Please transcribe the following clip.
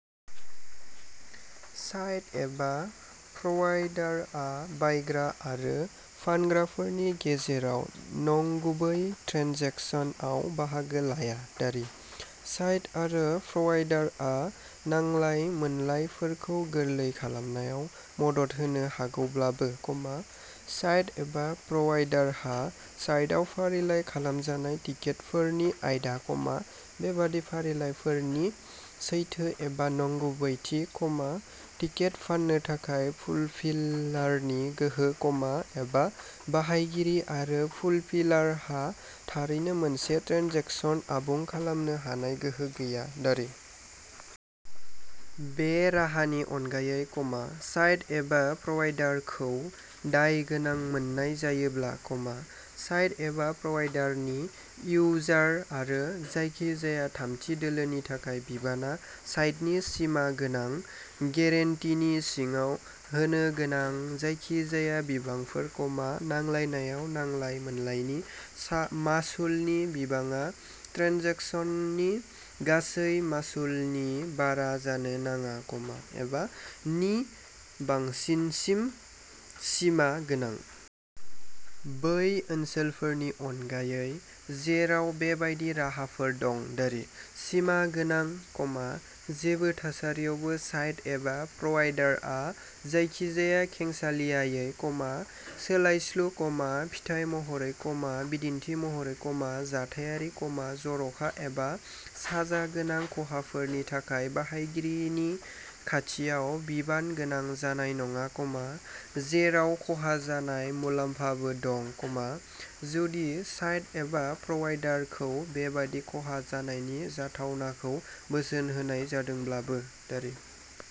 site एबा प्र'वाइडारआ बायग्रा आरो फानग्राफोरनि गेजेराव नंगुबै ट्रेन्जेकसनआव बाहागो लाया दारि साइट आरो प्र'वाइडारआ नांलाय-मोनलायफोरखौ गोरलै खालामनायाव मदद होनो हागौब्लाबो खमा साइट एबा प्र'वाइडारहा साइटआव फारिलाइ खालामजानाय टिकेटफोरनि आयदा खहा बेबादि फारिलाइफोरनि सैथो एबा नंगुबैथि खमा टिकेट फान्नो थाखाय फुलफिलारनि गोहो खमा एबा बाहायगिरि आरो फुलफिलारहा थारैनो मोनसे ट्रेन्जेकसन आबुं खालामनो हानाय गोहो गैया दारि बे राहानि अनगायै अमा साइट एबा प्र'वाइडारखौ दाय गोनां मोननाय जायोब्ला खमा साइट एबा प्र'वाइडारनि इउजार एबा जायखिजाया थामथि दोलोनि थाखाय बिबानआ साइटनि सिमा गोनां गेरेन्टीनि सिङाव होनोगोनां जायखिजाया बिबांफोर खमा नांलायनायाव नांलाय-मोनलायनि मासुलनि बिबांआ ट्रेन्जेकसननि गासै मासुलनि बारा जानो नाङा खमा एबा नि बांसिनसिम सिमा गोनां दारि बै ओनसोलफोरनि अनगायै जेराव बेबादि राहाफोर दं दारि सिमा गोनां खमा जेबो थासारियावबो साइट एबा प्र'वाइडारआ जायखिजाया खेंसालियायै खमा सोलायस्लु खमा फिथाय महरै अमा बिदिन्थि महरै अमा जाथायारि खमा जर'खा एबा साजा गोनां खहाफोरनि थाखाय बाहायगिरिनि खाथियाव बिबान गोनां जानाय नङा खमा जेराव खहा जानाय मुलाम्फाबो दं अमा जुदि साइट एबा प्र'वाइडारखौ बेबादि खहा जानायनि जाथावनाखौ बोसोन होनाय जादोंब्लाबो दारि